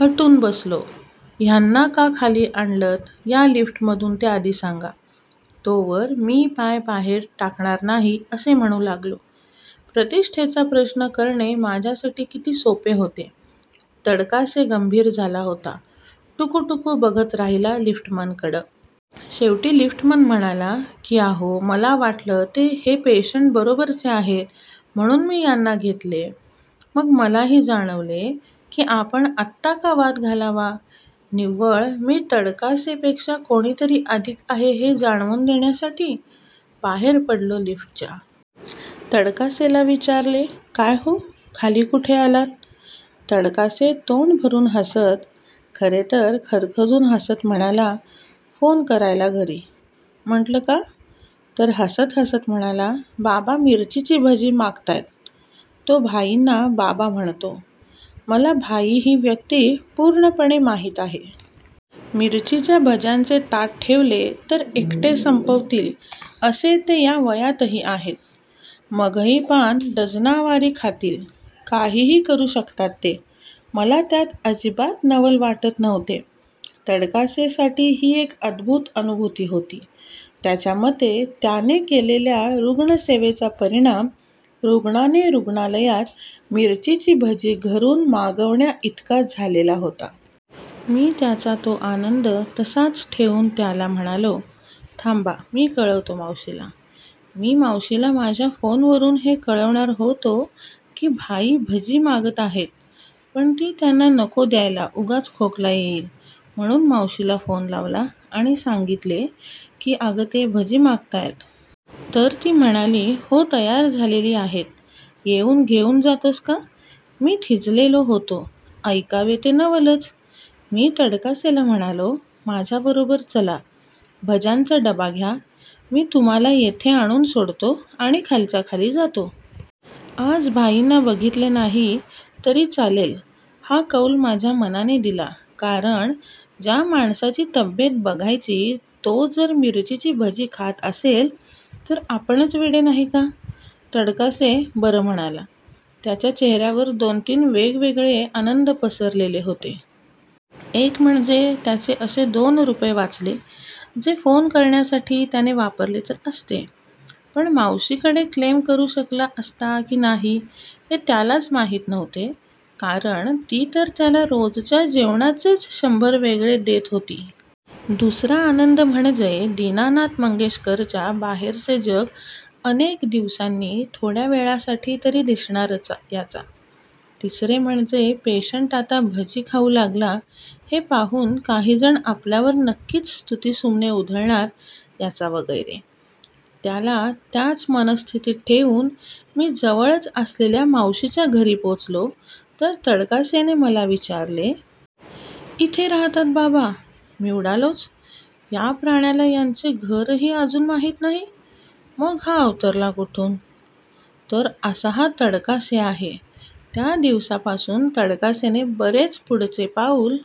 हटून बसलो. ह्यांना का खाली आणलंत या लिफ्टमधून ते आधी सांगा, तोवर मी पाय बाहेर टाकणार नाही असे म्हणू लागलो. प्रतिष्ठेचा प्रश्न करणे माझ्यासाठी किती सोपे होते. तडकासे गंभीर झाला होता. टुकूटुकू बघत राहिला लिफ्टमनकडे. शेवटी लिफ्टमन म्हणाला की अहो मला वाटले हे पेशंटबरोबरचे आहेत म्हणून मी यांना घेतले. मग मलाही जाणवले की आपण आत्ता का वाद घालावा? निव्वळ मी तडकासेपेक्षा कोणीतरी अधिक आहे हे जाणवून देण्यासाठी? बाहेर पडलो लिफ्टच्या. तडकासेला विचारले. काय हो? खाली कुठे आलात? तडकासे तोंडभरून हसत, खरे तर खदखदून हसत म्हणाला फोन करायला घरी. म्हंटलं का? तर हसत हसत म्हणाला बाबा मिरचीची भजी मागतायत. तो भाईंना बाबा म्हणतो. मला भाई ही व्यक्ती पूर्णपणे माहीत आहे. मिरचीच्या भज्यांचे ताट ठेवले तर एकटे संपवतील असे ते या वयातही आहेत. मघई पान डझनावारी खातील. काहीही करू शकतात ते. मला त्यात अजिबात नवल वाटत नव्हते. तडकासेसाठी ही एक अद्भुत अनुभूती होती. त्याच्यामते त्याने केलेल्या रुग्णसेवेचा परिणाम रुग्णाने रुग्णालयात मिरचीची भजी घरून मागवण्याइतका झालेला होता. मी त्याचा तो आनंद तसाच ठेवून त्याला म्हणालो थांबा मी कळवतो मावशीला! मी मावशीला माझ्या फोनवरून हे कळवणार होतो की भाई भजी मागत आहेत पण ती त्यांना नको द्यायला, उगाच खोकला येईल. म्हणून मावशीला फोन लावला आणि सांगितले की अगं ते भजी मागतायत. तर ती म्हणाली हो तयार झालेली आहेत, येऊन घेऊन जातोस का? मी थिजलेलो होतो. ऐकावे ते नवलच! मी तडकासेला म्हणालो, माझ्याबरोबर चला, भज्यांचा डबा घ्या, मी तुम्हाला येथे आणून सोडतो आणि खालच्याखाली जातो. आज भाईंना बघितले नाही तरी चालेल हा कौल माझ्या मनाने दिला कारण ज्या माणसाची तब्येत बघायची तो जर मिरचीची भजी खात असेल तर आपणच वेडे नाही का? तडकासे बरं म्हणाला. त्याच्या चेहऱ्यावर दोन तीन वेगवेगळे आनंद पसरलेले होते. एक म्हणजे त्याचे असे दोन रुपये वाचले, जे फोन करण्यासाठी त्याने वापरले तर असते, पण मावशीकडे क्लेम करू शकला असता की नाही हे त्यालाच माहीत नव्हते कारण ती तर त्याला रोजच्या जेवणाचेच शंभर वेगळे देत होती. दुसरा आनंद म्हणजे दीनानाथ मंगेशकरच्या बाहेरचे जग अनेक दिवसांनी थोड्यावेळासाठी तरी दिसणार याचा! तिसरे म्हणजे पेशंट आता भजी खाऊ लागला हे पाहून काहीजण आपल्यावर नक्कीच स्तुतीसुमने उधळणार याचा वगैरे! त्याला त्याच मनस्थितीत ठेवून मी जवळच असलेल्या मावशीच्या घरी पोचलो तर तडकासेने मला विचारले. इथे राहतात बाबा? मी उडालोच. या प्राण्याला यांचे घरही अजून माहीत नाही? मग हा अवतरला कुठून? तर असा हा तडकासे आहे. त्या दिवसापासून तडकासेने बरेच पुढचे पाऊल